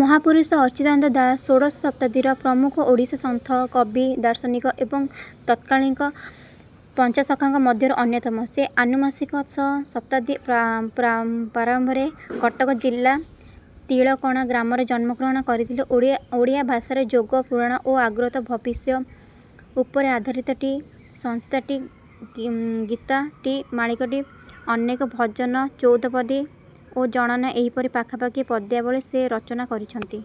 ମହାପୁରୁଷ ଅଚ୍ୟୁତାନନ୍ଦ ଦାସ ଷୋଡ଼ଶ ଶତାବ୍ଦୀର ପ୍ରମୁଖ ଓଡ଼ିଆ ସନ୍ଥ, କବି, ଦାର୍ଶନିକ ଏବଂ ତତ୍କାଳୀନ ପଞ୍ଚସଖାଙ୍କ ମଧ୍ୟରୁ ଅନ୍ୟତମ। ସେ ଆନୁମାନିକ ଶ ଶତାବ୍ଦୀ ପ୍ରାରମ୍ଭରେ କଟକ ଜିଲ୍ଲା ତିଳକଣା ଗ୍ରାମରେ ଜନ୍ମଗ୍ରହଣ କରିଥିଲେ। ଓଡ଼ିଆ ଭାଷାରେ ଯୋଗ, ପୁରାଣ ଓ ଆଗତ ଭବିଷ୍ୟ ଉପରେ ଆଧାରିତ ଟି ସଂହିତା, ଟି ଗୀତା, ଟି ମାଳିକା, ଅନେକ ଭଜନ, ଚଉପଦୀ ଏବଂ ଜଣାଣ ଏହିପରି ପାଖାପାଖି ପଦ୍ୟାବଳୀ ସେ ରଚନା କରିଯାଇଛନ୍ତି।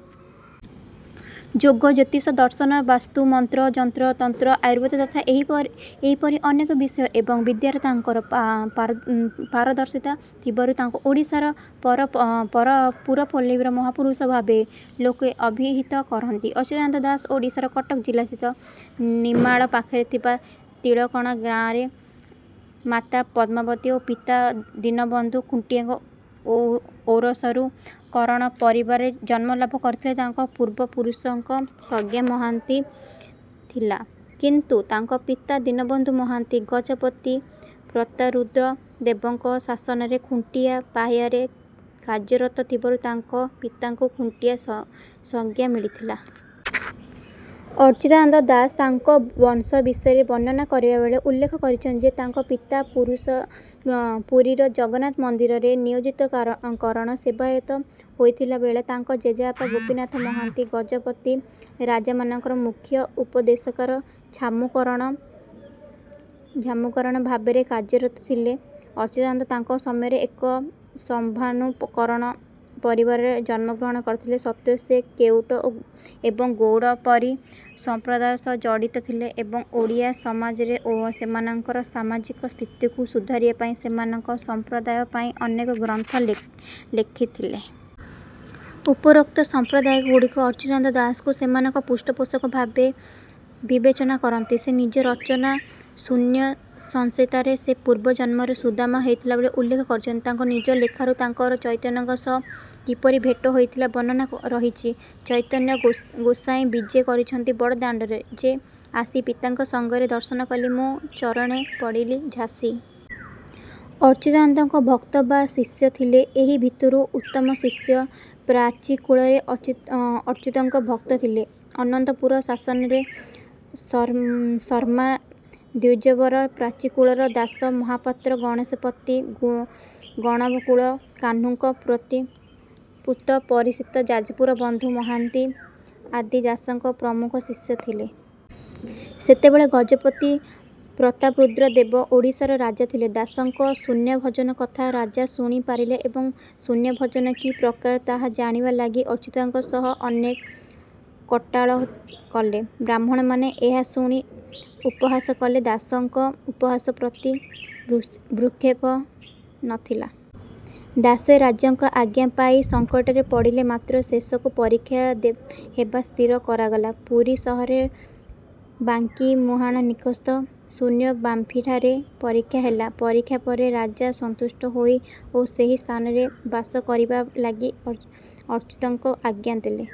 ଯୋଗ, ଜ୍ୟୋତିଷ, ଦର୍ଶନ, ବାସ୍ତୁ, ମନ୍ତ୍ର, ଯନ୍ତ୍ର, ତନ୍ତ୍ର, ଆୟୁର୍ବେଦ ତଥା ଏହିପରି ଅନେକ ବିଷୟ ଏବଂ ବିଦ୍ୟାରେ ତାଙ୍କର ପାରଦର୍ଶିତା ଥିବାରୁ ତାଙ୍କୁ ଓଡ଼ିଶାର ପୁରପଲ୍ଳୀରେ 'ମହାପୁରୁଷ' ଭାବେ ଲୋକେ ଅଭିହିତ କରନ୍ତି। ଅଚ୍ୟୁତାନନ୍ଦ ଦାସ ଓଡ଼ିଶାର କଟକ ଜିଲ୍ଲାସ୍ଥିତ ନେମାଳ ପାଖରେ ଥିବା ତିଳକଣା ଗାଁରେ ମାତା ପଦ୍ମାବତୀ ଓ ପିତା ଦୀନବନ୍ଧୁ ଖୁଣ୍ଟିଆଙ୍କ ଔରସରୁ କରଣ ପରିବାରରେ ଜନ୍ମଲାଭ କରିଥିଲେ ତାଙ୍କ ପୂର୍ବ ପୁରୁଷଙ୍କ ସଂଜ୍ଞା ମହାନ୍ତି ଥିଲା କିନ୍ତୁ ତାଙ୍କ ପିତା ଦୀନବନ୍ଧୁ ମହାନ୍ତି ଗଜପତି ପ୍ରତାରୁଦ୍ର ଦେବଙ୍କ ଶାସନରେ ଖୁଣ୍ଟିଆ ପାହ୍ୟାରେ କାର୍ଯ୍ୟରତ ଥିବାରୁ ତାଙ୍କ ପିତାଙ୍କୁ ଖୁଣ୍ଟିଆ ସଂଜ୍ଞା ମିଳିଥିଲା। ଅଚ୍ୟୁତାନନ୍ଦ ଦାସ ତାଙ୍କ ବଂଶ ବିଷୟରେ ବର୍ଣ୍ଣନା କରିବାବେଳେ ଉଲ୍ଲେଖ କରିଛନ୍ତି ଯେ ତାଙ୍କ ପିତା ପୁରୀର ଜଗନ୍ନାଥ ମନ୍ଦିରରେ ନିୟୋଜିତ କରଣ ସେବାୟତ ହୋଇଥିବାବେଳେ ତାଙ୍କ ଜେଜେବାପା ଗୋପୀନାଥ ମହାନ୍ତି ଗଜପତି ରାଜାମାନଙ୍କର ମୁଖ୍ୟ ଉପଦେଶକାର "ଛାମୁ କରଣ" ଭାବରେ କାର୍ଯ୍ୟରତ ଥିଲେ। ଅଚ୍ୟୁତାନନ୍ଦ ତାଙ୍କ ସମୟର ଏକ ସମ୍ଭ୍ରାନ୍ତ କରଣ ପରିବାରରେ ଜନ୍ମଗ୍ରହଣ କରିଥିବା ସତ୍ତ୍ୱେ ସେ କେଉଟ ଏବଂ ଗୌଡ଼ ପରି ସମ୍ପ୍ରଦାୟ ସହ ଜଡିତ ଥିଲେ ଏବଂ ଓଡ଼ିଆ ସମାଜରେ ସେମାନଙ୍କର ସାମାଜିକ ସ୍ଥିତିକୁ ସୁଧାରିବା ପାଇଁ ସେମାନଙ୍କ ସମ୍ପ୍ରଦାୟ ପାଇଁ ଅନେକ ଗ୍ରନ୍ଥ ଲେଖିଥିଲେ। ଉପରୋକ୍ତ ସମ୍ପ୍ରଦାୟଗୁଡ଼ିକ ଅଚ୍ୟୁତାନନ୍ଦ ଦାସଙ୍କୁ ସେମାନଙ୍କ ପୃଷ୍ଟପୋଷକ ଭାବେ ବିବେଚନା କରନ୍ତି। ସେ ନିଜ ରଚନା ଶୂନ୍ୟସଂହିତାରେ ସେ ପୂର୍ବ ଜନ୍ମରେ ସୁଦାମା ହୋଇଥିବାର ଉଲ୍ଲେଖ କରିଛନ୍ତି। ତାଙ୍କ ନିଜ ଲେଖାରୁ ତାଙ୍କର ଚୈତନ୍ୟଙ୍କ ସହ କିପରି ଭେଟ ହୋଇଥିଲା ବର୍ଣ୍ଣନା ରହିଛି। ଚୈତନ୍ୟ ଗୋସାଇଁ ବିଜେ କରିଛନ୍ତି ବଡ଼ଦାଣ୍ଡରେ ଯେ ଆସି ପିତାଙ୍କ ସଙ୍ଗରେ ଦର୍ଶନ କଲି ମୁଁ ଚରଣେ ପଡ଼ିଲି ଝାସି। ଅଚ୍ୟୁତାନନ୍ଦଙ୍କ ଭକ୍ତ ବା ଶିଷ୍ୟ ଥିଲେ। ଏହି ଭିତରୁ ଉତ୍ତମ ଶିଷ୍ୟ। ପ୍ରାଚୀକୂଳରେ ଅଚ୍ୟୁତଙ୍କ ଭକ୍ତ ଥିଲେ। ଅନନ୍ତପୁର ଶାସନର ଶର୍ମ୍ମା ଦ୍ୱିଜବର, ପ୍ରାଚୀ କୂଳର ଦାସ ମହାପାତ୍ର, ଗଣେଶ ପତି, ଗଣକକୁଳ କାହ୍ନୁଙ୍କ ପୁତ ପରୀକ୍ଷିତ, ଯାଜପୁର ବନ୍ଧୁ ମହାନ୍ତି ଆଦି ଦାସଙ୍କ ପ୍ରମୁଖ ଶିଷ୍ୟ ଥିଲେ। ସେତେବେଳେ ଗଜପତି ପ୍ରତାପରୁଦ୍ର ଦେବ ଓଡ଼ିଶାର ରାଜା ଥିଲେ। ଦାସଙ୍କ ଶୂନ୍ୟଭଜନ କଥା ରାଜା ଶୁଣିପାରିଲେ ଓ ଶୂନ୍ୟଭଜନ କି ପ୍ରକାର ତାହା ଜାଣିବା ଲାଗି ଅଚ୍ୟୁତଙ୍କ ସହ ଅନେକ କଟାଳ କଲେ। ବ୍ରାହ୍ମଣମାନେ ଏହା ଶୁଣି ଉପହାସ କଲେ। ଦାସଙ୍କର ଉପହାସ ପ୍ରତି ଭ୍ରୂକ୍ଷେପ ନ ଥିଲା। ଦାସେ ରାଜାଙ୍କ ଆଜ୍ଞା ପାଇ ସଙ୍କଟରେ ପଡ଼ିଲେ ମାତ୍ର ଶେଷକୁ ପରୀକ୍ଷା ହେବା ସ୍ଥିର କରାଗଲା। ପୁରୀ ସହରର ବାଙ୍କି ମୁହାଁଣ ନିକଟସ୍ଥ ଶୂନ୍ୟ ବାମ୍ଫିଠାରେ ପରୀକ୍ଷା ହେଲା। ପରୀକ୍ଷା ପରେ ରାଜା ସନ୍ତୁଷ୍ଟ ହୋଇ ଓ ସେହି ସ୍ଥାନରେ ବାସ କରିବା ଲାଗି ଅଚ୍ୟୁତଙ୍କୁ ଆଜ୍ଞା ଦେଲେ।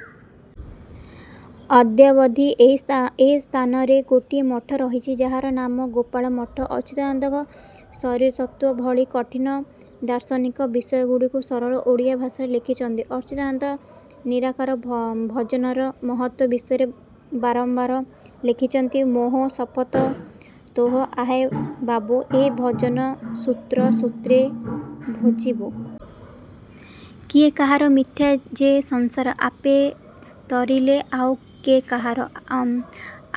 ଅଦ୍ୟାବଧି ଏହି ସ୍ଥାନରେ ଗୋଟିଏ ମଠ ରହିଛି ଯାହାର ନାମ ଗୋପାଳ ମଠ। ଅଚ୍ୟୁତାନନ୍ଦ ଶରୀରତତ୍ତ୍ୱ ଭଳି କଠିନ ଦାର୍ଶନିକ ବିଷୟଗୁଡ଼ିକୁ ସରଳ ଓଡ଼ିଆ ଭାଷାରେ ଲେଖିଛନ୍ତି। ଅଚ୍ୟୁତାନନ୍ଦ ନିରାକାର ଭଜନର ମହତ୍ତ୍ୱ ବିଷୟରେ ବାରମ୍ବାର ଲେଖିଛନ୍ତି। ମୋହ ଶପଥ ତୋତେ ଆହୋ ବାବୁ। ଏ ଭଜନ ସୂତ୍ର ସୂତ୍ରେ ଭଜିବୁ।। କିଏ କାହାର ମିଥ୍ଯା ଯେ ସଂସାର। ଆପେ ତରିଲେ ଆଉ କେ କାହାର।।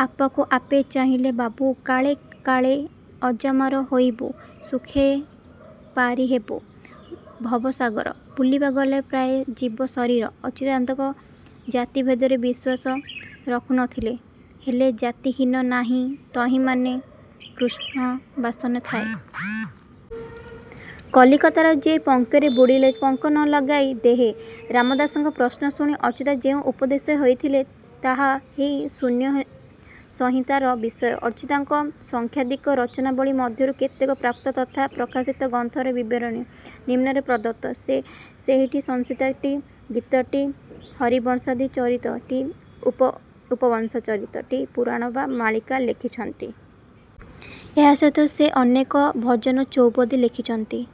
ଆପକୁ ଆପେ ଚିହ୍ନିଲେରେ ବାବୁ। କାଳେ କାଳେ ଅଜାମର ହୋଇବୁ।। ସୁଖେ ପାରିହେବୁ ଭବସାଗର। ବୁଲିଗଲା ପ୍ରାୟେ ଯିବ ଶରୀର।। ଅଚ୍ୟୁତାନନ୍ଦ ଜାତିଭେଦରେ ବିଶ୍ୱାସ ରଖୁନଥିଲେ। ହେଲେ ଜାତି ହୀନ ନାହିଁ ତହିଁ ମାନ ଶ୍ରୀକୃଷ୍ଣ ବାସନା ଥାଏ। କଲିକତରା ଯେ ପଙ୍କରେ ବୁଡ଼ିଲେ ପଙ୍କ ନ ଲାଗଇ ଦେହେ।। ରାମଦାସଙ୍କ ପ୍ରଶ୍ନ ଶୁଣି ଅଚ୍ୟୁତ ଯେଉଁ ଉପଦେଶ ଦେଇଥିଲେ ତାହା ହିଁ ଶୂନ୍ୟସଂହିତାର ବିଷୟ। ଅଚ୍ୟୁତଙ୍କ ସଂଖ୍ୟାଧିକ ରଚନାବଳୀ ମଧ୍ୟରୁ କେତକ ପ୍ରାପ୍ତ ତଥା ପ୍ରକାଶିତ ଗ୍ରନ୍ଥର ବିବରଣୀ ନିମ୍ନରେ ପ୍ରଦତ୍ତ। ସେ ଟି ସଂହିତା, ଟି ଗୀତା, ଟି ହରିବଂଶାଦି ଚରିତ, ଟି ଉପବଂଶ ଚରିତ, ଟି ପୁରାଣ ବା ମାଳିକା ଲେଖିଛନ୍ତି। ଏହା ସହିତ ସେ ଅନେକ ଭଜନ ଚୌପଦୀ ଲେଖିଛନ୍ତି।।